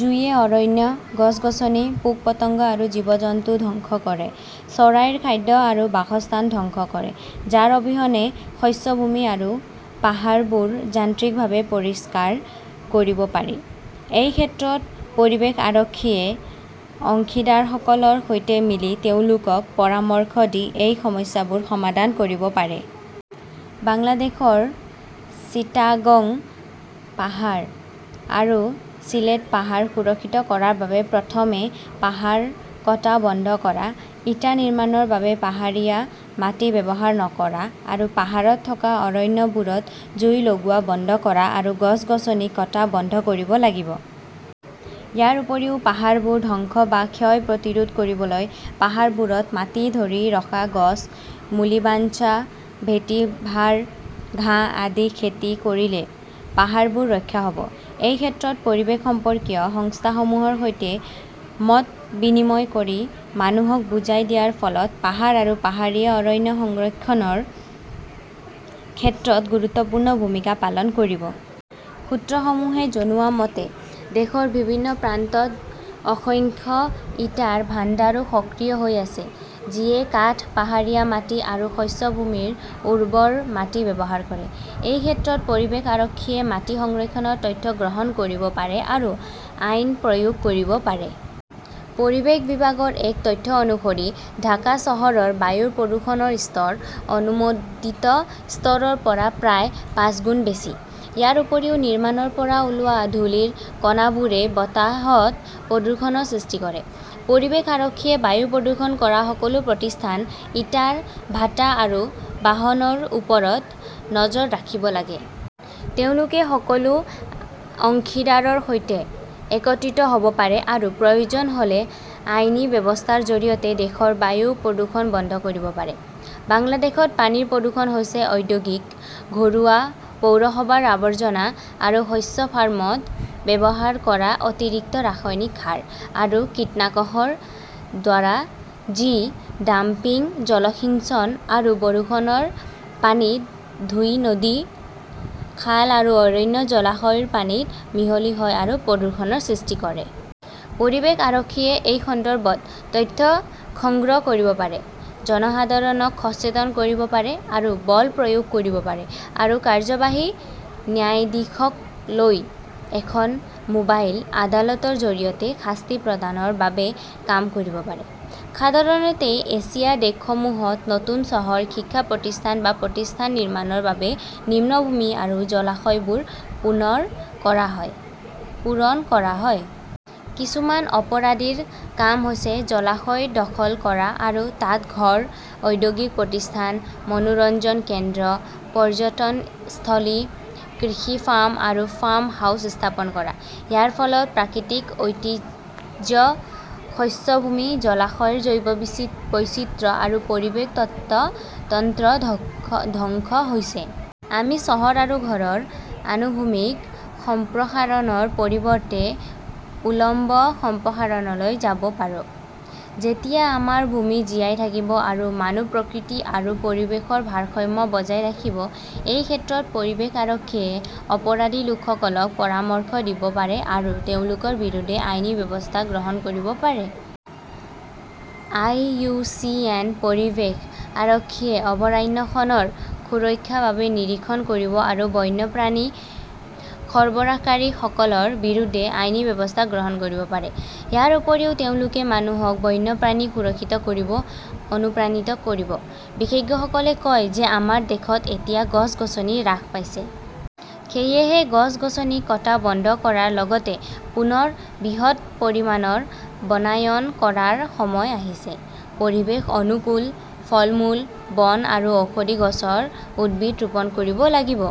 জুইয়ে অৰণ্য, গছ-গছনি, পোক-পতংগ আৰু জীৱ-জন্তু ধ্বংস কৰে, চৰাইৰ খাদ্য আৰু বাসস্থান ধ্বংস কৰে, যাৰ অবিহনে শস্যভূমি আৰু পাহাৰবোৰ যান্ত্ৰিকভাৱে পৰিষ্কাৰ কৰিব পাৰি। এই ক্ষেত্ৰত পৰিৱেশ আৰক্ষীয়ে অংশীদাৰসকলৰ সৈতে মিলি তেওঁলোকক পৰামৰ্শ দি এই সমস্যাবোৰ সমাধান কৰিব পাৰে। বাংলাদেশৰ চিটাগং পাহাৰ আৰু চিলেট পাহাৰ সুৰক্ষিত কৰাৰ বাবে প্ৰথমে পাহাৰ কটা বন্ধ কৰা, ইটা নিৰ্মাণৰ বাবে পাহাৰীয়া মাটি ব্যৱহাৰ নকৰা, আৰু পাহাৰত থকা অৰণ্যবোৰত জুই লগোৱা বন্ধ কৰা আৰু গছ-গছনি কটা বন্ধ কৰিব লাগে। ইয়াৰ উপৰিও, পাহাৰবোৰ ধ্বংস বা ক্ষয় প্ৰতিৰোধ কৰিবলৈ পাহাৰবোৰত মাটি ধৰি ৰখা গছ, মুলিবাঞ্চ, ভেটিভাৰ ঘাঁহ আদি খেতি কৰিলে পাহাৰবোৰ ৰক্ষা হ'ব। এই ক্ষেত্ৰত পৰিৱেশ সম্পৰ্কীয় সংস্থাসমূহৰ সৈতে মত বিনিময় কৰি মানুহক বুজাই দিয়াৰ ফলত পাহাৰ আৰু পাহাৰীয়া অৰণ্য সংৰক্ষণৰ ক্ষেত্ৰত গুৰুত্বপূৰ্ণ ভূমিকা পালন কৰিব। সূত্ৰসমূহে জনোৱা মতে, দেশৰ বিভিন্ন প্ৰান্তত অসংখ্য ইটাৰ ভাণ্ডাৰো সক্ৰিয় হৈ আছে, যিয়ে কাঠ, পাহাৰীয়া মাটি আৰু শস্য ভূমিৰ উৰ্বৰ মাটি ব্যৱহাৰ কৰে। এই ক্ষেত্ৰত পৰিৱেশ আৰক্ষীয়ে মাটি সংৰক্ষণৰ তথ্য সংগ্ৰহ কৰিব পাৰে আৰু আইন প্ৰয়োগ কৰিব পাৰে। পৰিৱেশ বিভাগৰ এক তথ্য অনুসৰি ঢাকা চহৰৰ বায়ুৰ প্ৰদূষণৰ স্তৰ অনুমোদিত স্তৰৰ পৰা প্ৰায় পাঁচগুণ বেছি। ইয়াৰ উপৰিও, নিৰ্মাণৰ পৰা ওলোৱা ধূলিৰ কণাবোৰে বতাহত প্ৰদূষণৰ সৃষ্টি কৰে। পৰিৱেশ আৰক্ষীয়ে বায়ু প্ৰদূষণ কৰা সকলো প্ৰতিষ্ঠান, ইটাৰ ভাটা আৰু বাহনৰ ওপৰত নজৰ ৰাখিব লাগে। তেওঁলোকে সকলো অংশীদাৰৰ সৈতে একত্ৰিত হ 'ব পাৰে আৰু প্ৰয়োজন হ' লে আইনী ব্যৱস্থাৰ জৰিয়তে দেশৰ বায়ু প্ৰদূষণ বন্ধ কৰিব পাৰে। বাংলাদেশত পানীৰ প্ৰদূষণ হৈছে ঔদ্যোগিক, ঘৰুৱা, পৌৰসভাৰ আৱৰ্জনা আৰু শস্য ফাৰ্মত ব্যৱহাৰ কৰা অতিৰিক্ত ৰাসায়নিক সাৰ আৰু কীটনাশকৰ দ্বাৰা যি ডাম্পিং, জলসিঞ্চন আৰু বৰষুণৰ পানীত ধুই নদী, খাল আৰু অন্যান্য জলাশয়ৰ পানীত মিহলি হয় আৰু প্ৰদূষণৰ সৃষ্টি কৰে। পৰিৱেশ আৰক্ষীয়ে এই সন্দৰ্ভত তথ্য সংগ্ৰহ কৰিব পাৰে, জনসাধাৰণক সচেতন কৰিব পাৰে আৰু বল প্ৰয়োগ কৰিব পাৰে আৰু কাৰ্যবাহী ন্যায়াধীশক লৈ এখন মোবাইল আদালতৰ জৰিয়তে শাস্তি প্ৰদানৰ বাবে কাম কৰিব পাৰে। সাধাৰণতে এছিয়াৰ দেশসমূহত নতুন চহৰ, শিক্ষা প্ৰতিষ্ঠান বা প্ৰতিষ্ঠান নিৰ্মাণৰ বাবে নিম্নভূমি আৰু জলাশয়বোৰ পূৰণ কৰা হয়। কিছুমান অপৰাধীৰ কাম হৈছে জলাশয় দখল কৰা আৰু তাত ঘৰ, ঔদ্যোগিক প্ৰতিষ্ঠান, মনোৰঞ্জন কেন্দ্ৰ, পৰ্যটনস্থলী, কৃষি ফাৰ্ম আৰু ফাৰ্ম হাউচ স্থাপন কৰা। ইয়াৰ ফলত প্ৰাকৃতিক ঐতিহ্য, শস্য ভূমি, জলাশয়ৰ জৈৱ বৈচিত্ৰ্য আৰু পৰিৱেশ তন্ত্ৰ ধ্বংস হৈছে। আমি চহৰ আৰু ঘৰৰ আনুভূমিক সম্প্ৰসাৰণৰ পৰিৱৰ্তে উলম্ব সম্প্ৰসাৰণলৈ যাব পাৰোঁ। তেতিয়া আমাৰ ভূমি জীয়াই থাকিব, আৰু মানুহ, প্ৰকৃতি আৰু পৰিৱেশৰ ভাৰসাম্য বজাই ৰাখিব। এই ক্ষেত্ৰত পৰিৱেশ আৰক্ষীয়ে অপৰাধী লোকসকলক পৰামৰ্শ দিব পাৰে আৰু তেওঁলোকৰ বিৰুদ্ধে আইনী ব্যৱস্থা গ্ৰহণ কৰিব পাৰে। আই. ইউ. চি. এন. পৰিৱেশ আৰক্ষীয়ে অভয়াৰণ্যখনৰ সুৰক্ষাৰ বাবে নিৰীক্ষণ কৰিব আৰু বন্যপ্ৰাণী সৰবৰাহকাৰী সকলৰ বিৰুদ্ধে আইনী ব্যৱস্থা গ্ৰহণ কৰিব পাৰে। ইয়াৰ উপৰিও তেওঁলোকে মানুহক বন্যপ্ৰাণী সুৰক্ষিত কৰিবলৈ অনুপ্ৰাণিত কৰিব। বিশেষজ্ঞসকলে কয় যে আমাৰ দেশত এতিয়া গছ-গছনি হ্ৰাস পাইছে। সেয়েহে গছ-গছনি কটা বন্ধ কৰাৰ লগতে পুনৰ বৃহৎ পৰিমাণৰ বনায়ন কৰাৰ সময় আহিছে। পৰিৱেশ অনুকূল, ফলমূল, বন আৰু ঔষধি গছৰ উদ্ভিদ ৰোপণ কৰিব লাগিব।